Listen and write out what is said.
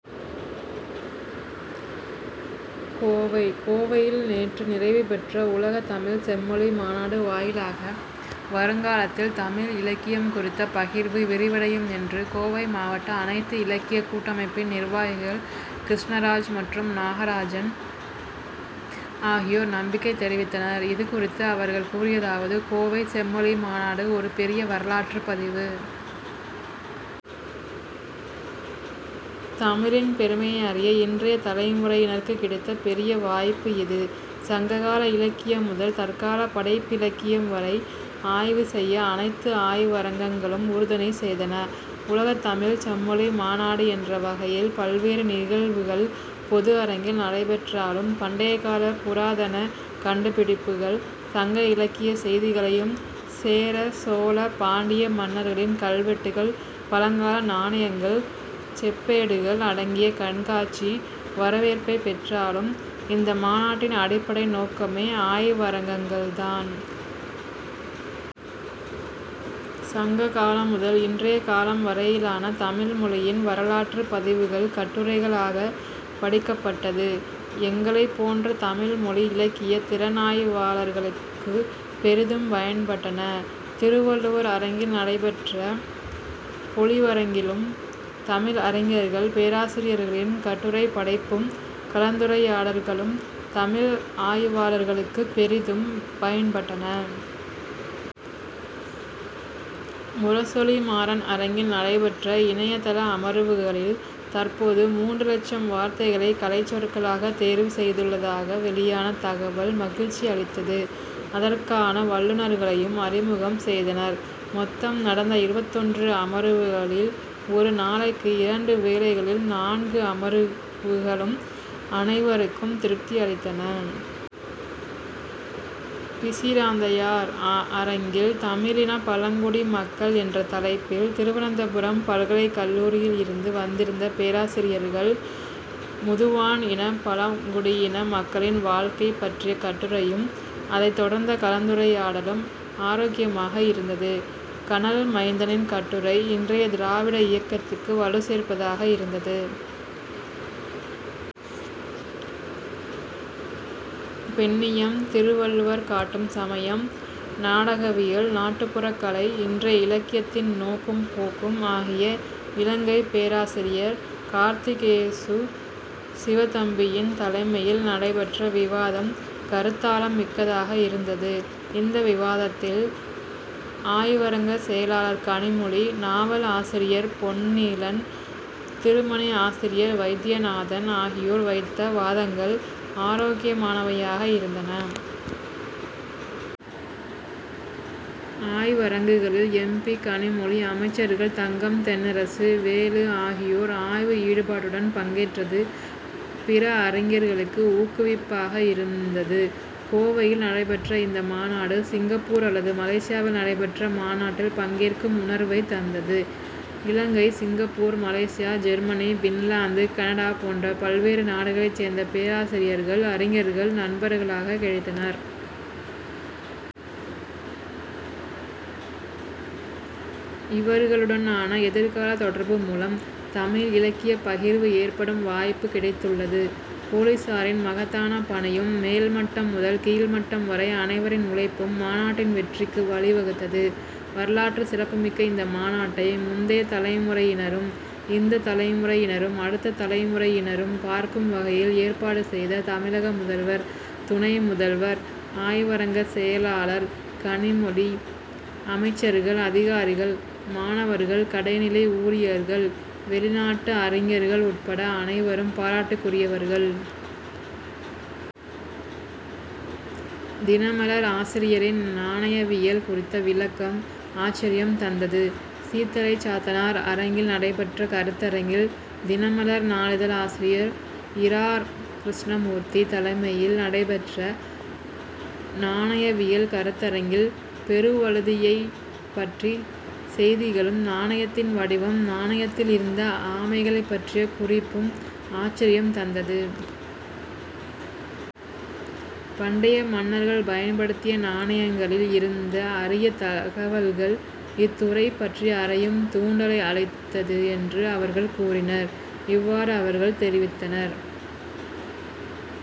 கோவை கோவையில் நேற்று நிறைவு பெற்ற உலக தமிழ் செம்மொழி மாநாடு வாயிலாக, வருங்காலத்தில் தமிழ் இலக்கியம் குறித்த பகிர்வு விரிவடையும் என்று கோவை மாவட்ட அனைத்து இலக்கிய கூட்டமைப்பின் நிர்வாகிகள் கிருஷ்ணராஜ் மற்றும் நாகராஜன் ஆகியோர் நம்பிக்கை தெரிவித்தனர். இது குறித்து அவர்கள் கூறியதாவது கோவை செம்மொழி மாநாடு ஒரு பெரிய வரலாற்றுப் பதிவு. தமிழின் பெருமையை அறிய இன்றைய தலைமுறையினருக்கு கிடைத்த பெரிய வாய்ப்பு இது. சங்க கால இலக்கியம் முதல் தற்கால படைப்பிலக்கியம் வரை ஆய்வு செய்ய அனைத்து ஆய்வரங்கங்களும் உறுதுணை செய்தன. உலகத் தமிழ்ச் செம்மொழி மாநாடு என்ற வகையில் பல்வேறு நிகழ்வுகள் பொது அரங்கில் நடைபெற்றாலும், பண்டைய கால புராதன கண்டுபிடிப்புகள் சங்க இலக்கிய செய்திகளையும் சேர, சோழ, பாண்டிய மன்னர்களின் கல்வெட்டுக்கள், பழங்கால நாணயங்கள், செப்பேடுகள் அடங்கிய கண்காட்சி வரவேற்பை பெற்றாலும், இந்த மாநாட்டின் அடிப்படை நோக்கமே ஆய்வரங்கங்கள்தான். சங்க காலம் முதல் இன்றைய காலம் வரையிலான தமிழ் மொழியின் வரலாற்றுப் பதிவுகள் கட்டுரைகளாக படிக்கப்பட்டது, எங்களைப் போன்ற தமிழ் மொழி இலக்கிய திறனாய்வாளர்களுக்கு பெரிதும் பயன்பட்டன. திருவள்ளுவர் அரங்கில் நடைபெற்ற பொழிவரங்கிலும் தமிழ் அறிஞர்கள், பேராசிரியர்களின் கட்டுரைப் படைப்பும், கலந்துரையாடல்களும் தமிழ் ஆய்வாளர்களுக்கு பெரிதும் பயன்பட்டன. முரசொலி மாறன் அரங்கில் நடைபெற்ற இணையதள அமர்வுகளில், தற்போது மூன்று லட்சம் வார்த்தைகளை கலைச் சொற்களாக தேர்வு செய்துள்ளதாக வெளியான தகவல் மகிழ்ச்சி அளித்தது. அதற்கான வல்லுனர்களையும் அறிமுகம் செய்தனர். மொத்தம் நடந்த இருபத்தொன்று அமர்வுகளில் ஒரு நாளைக்கு இரண்டு வேளைகளில் நான்கு அமர்வுகளும் அனைவருக்கும் திருப்தி அளித்தன. பிசிராந்தையார் அரங்கில் தமிழின பழங்குடி மக்கள்' என்ற தலைப்பில் திருவனந்தபுரம் பல்கலை கல்லூரியில் இருந்து வந்திருந்த பேராசிரியர்கள், முதுவான் இன பழங்குடியின மக்களின் வாழ்க்கை பற்றிய கட்டுரையும் அதை தொடர்ந்த கலந்துரையாடலும் ஆரோக்கியமாக இருந்தது. கனல் மைந்தனின் கட்டுரை, இன்றைய திராவிட இயக்கத்துக்கு வலு சேர்ப்பதாக இருந்தது. பெண்ணியம், திருவள்ளுவர் காட்டும் சமயம், நாடகவியல், நாட்டுப்புற கலை, இன்றைய இலக்கியத்தின் நோக்கும் போக்கும் ஆகிய இலங்கை பேராசிரியர் கார்த்திகேசு சிவதம்பியின் தலைமையில் நடைபெற்ற விவாதம் கருத்தாழம் மிக்கதாக இருந்தது. இந்த விவாதத்தில் ஆய்வரங்க செயலாளர் கனிமொழி, நாவல் ஆசிரியர் பொன்னீலன், தினமணி ஆசிரியர் வைத்தியநாதன் ஆகியோர் வைத்த வாதங்கள் ஆரோக்கியமானவையாக இருந்தன. ஆய்வரங்குகளில் எம். பி., கனிமொழி, அமைச்சர்கள் தங்கம் தென்னரசு, வேலு ஆகியோர் ஆய்வு ஈடுபாட்டுடன் பங்கேற்றது, பிற அறிஞர்களுக்கு ஊக்குவிப்பாக இருந்தது. கோவையில் நடைபெற்ற இந்த மாநாடு, சிங்கப்பூர் அல்லது மலேசியாவில் நடைபெற்ற மாநாட்டில் பங்கேற்கும் உணர்வை தந்தது. Ilangai, Singapore, Malaysia, Germany, Finland, Canada போன்ற பல்வேறு நாடுகளை சேர்ந்த பேராசிரியர்கள், அறிஞர்கள் நண்பர்களாக கிடைத்தனர். இவர்களுடனான எதிர்கால தொடர்பு மூலம், தமிழ் இலக்கிய பகிர்வு ஏற்படும் வாய்ப்பு கிடைத்துள்ளது. போலீசாரின் மகத்தான பணியும் மேல் மட்டம் முதல் கீழ் மட்டம் வரை அனைவரின் உழைப்பும் மாநாட்டின் வெற்றிக்கு வழி வகுத்தது. வரலாற்று சிறப்புமிக்க இந்த மாநாட்டை முந்தைய தலைமுறையினரும் இந்த தலைமுறையினரும் அடுத்த தலைமுறையினரும் பார்க்கும் வகையில் ஏற்பாடு செய்த தமிழக முதல்வர், துணை முதல்வர், ஆய்வரங்க செயலாளர் கனிமொழி, அமைச்சர்கள், அதிகாரிகள், மாணவர்கள், கடைநிலை ஊழியர்கள், வெளிநாட்டு அறிஞர்கள் உட்பட அனைவரும் பாராட்டுக்குரியவர்கள். தினமலர் ஆசிரியரின் நாணயவியல் குறித்த விளக்கம் ஆச்சரியம் தந்தது சீத்தலை சாத்தனார் அரங்கில் நடைபெற்ற கருத்தரங்கில், தினமலர்' நாளிதழ் ஆசிரியர் இரா. கிருஷ்ணமூர்த்தி தலைமையில் நடைபெற்ற நாணயவியல் கருத்தரங்கில் பெருவழுதியைப் பற்றிய செய்திகளும் நாணயத்தின் வடிவம், நாணயத்தில் இருந்த ஆமைகளைப் பற்றிய குறிப்பும் ஆச்சரியம் தந்தது. பண்டைய மன்னர்கள் பயன்படுத்திய நாணயங்களில் இருந்த அரிய தகவல்கள் இத்துறை பற்றி அறியும் தூண்டுலை அளித்தது என்று அவர்கள் கூறினர். இவ்வாறு, அவர்கள் தெரிவித்தனர்.